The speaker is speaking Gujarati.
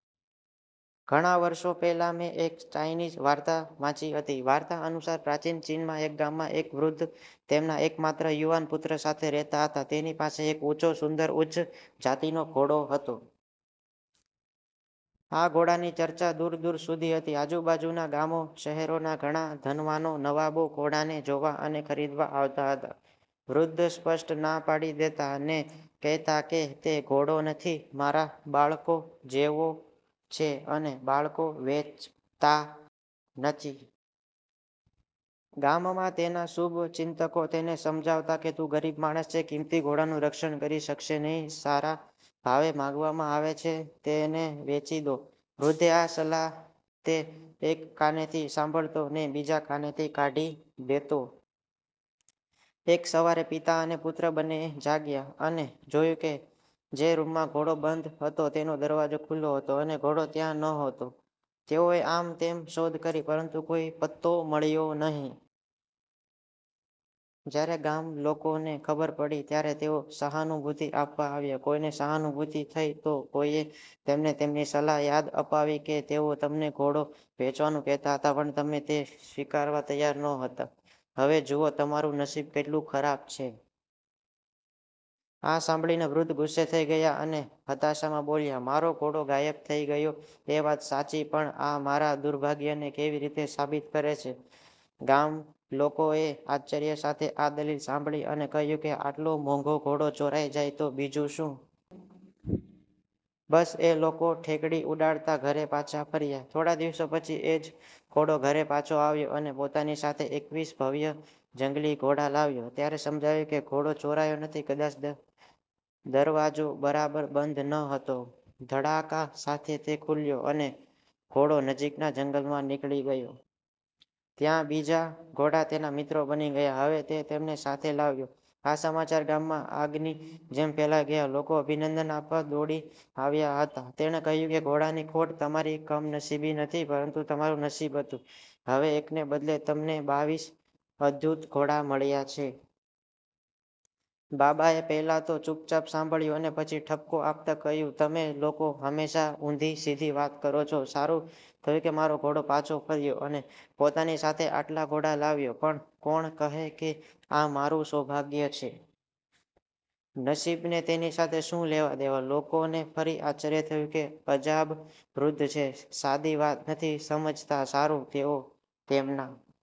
ઘણા વર્ષો પહેલા મેં એક ચાઈનીઝ વાર્તા વાંચી હતી, વાર્તા અનુસાર, પ્રાચીન ચીનમાં એક ગામમાં, એક વૃદ્ધ તેમના એકમાત્ર યુવાન પુત્ર સાથે રહેતા હતા. તેની પાસે એક ઊંચો, સુંદર, ઉચ્ચ જાતિનો ઘોડો હતો. આ ઘોડાની ચર્ચા દૂર દૂર સુધી હતી. આજુબાજુના ગામો, શહેરોના ઘણા ધનવાનો, નવાબો ઘોડા ને જોવા અને ખરીદવા આવતા હતા. વૃદ્ધ સ્પષ્ટ ના પાડી દેતા. ને કહેતા કે તે ઘોડો નથી, મારા બાળકો જેવો છે અને બાળકો વેચતા નથી. ગામમાં તેના શુભચિંતકો તેને સમજાવતા કે તું ગરીબ માણસ છે, કિંમતી ઘોડાનું રક્ષણ કરી શકશે નહીં, સારા ભાવે માંગવામાં આવે છે, તેને વેચી દો. વૃદ્ધે આ સલાહતે એક કાનેથી સાંભળતો અને બીજા કાનેથી કાઢી દેતો. એક સવારે પિતા અને પુત્ર બંને જાગયા અને જોયું કે જે રૂમમાં ઘોડો બંધ હતો તેનો દરવાજો ખુલ્લો હતો અને ઘોડો ત્યાં નહોતો. તેઓએ આમ તેમ શોધ કરી, પરંતુ કોઈ પત્તો મળ્યો નહીં. જ્યારે ગામલોકોને ખબર પડી ત્યારે તેઓ સહાનુભૂતિ આપવા આવ્યા. કોઈને સહાનુભૂતિ થઈ, તો કોઈએ તેમને તેમની સલાહ યાદ અપાવી કે તેઓ તમને ઘોડો વેચવાનું કહેતા હતા, પણ તમે તે સ્વીકારવા તૈયાર નહોતા, હવે જુઓ તમારું નસીબ કેટલું ખરાબ છે. આ સાંભળીને વૃદ્ધ ગુસ્સે થઈ ગયા અને હતાશામાં બોલ્યા, મારો ઘોડો ગાયબ થઈ ગયો એ વાત સાચી, પણ આ મારા દુર્ભાગ્યને કેવી રીતે સાબિત કરે છે? ગામલોકોએ આશ્ચર્ય સાથે આ દલીલ સાંભળી અને કહ્યું કે આટલો મોંઘો ઘોડો ચોરાઈ જાય તો બીજું શું? બસ, એ લોકો ઠેકડી ઉડાડતા ઘરે પાછા ફર્યા. થોડા દિવસો પછી એ જ ઘોડો ઘરે પાછો આવ્યો અને પોતાની સાથે એકવીસ ભવ્ય જંગલી ઘોડા લાવ્યો. ત્યારે સમજાયું કે ઘોડો ચોરાયો નથી, કદાચ દ દરવાજો બરાબર બંધ ન હતો, ધડાકા સાથે તે ખુલ્યો અને ઘોડો નજીકના જંગલમાં નીકળી ગયો. ત્યાં બીજા ઘોડા તેના મિત્રો બની ગયા, હવે તે તેમને સાથે લાવ્યો. આ સમાચાર ગામમાં આગની જેમ ફેલાઈ ગયા. લોકો અભિનંદન આપવા દોડી આવ્યા હતા. તેણે કહ્યું કે ઘોડાની ખોટ તમારી કમનસીબી નથી, પરંતુ તમારું નસીબ હતું, હવે એકને બદલે તમને બાવીસ અદ્ભુત ઘોડા મળ્યા છે. બાબાએ પહેલા તો ચુપચાપ સાંભળ્યું અને પછી ઠપકો આપતા કહ્યું, તમે લોકો હંમેશા ઉંધી સીધી વાત કરો છો, સારું થયું કે મારો ઘોડો પાછો ફર્યો અને પોતાની સાથે આટલા ઘોડા લાવ્યો, પણ કોણ કહે કે આ મારું સૌભાગ્ય છે? નસીબને તેની સાથે શું લેવાદેવા? લોકોને ફરી આશ્ચર્ય થયું કે અજાબ વૃદ્ધ છે, સાદી વાત નથી સમજતા. સારું, તેઓ તેમના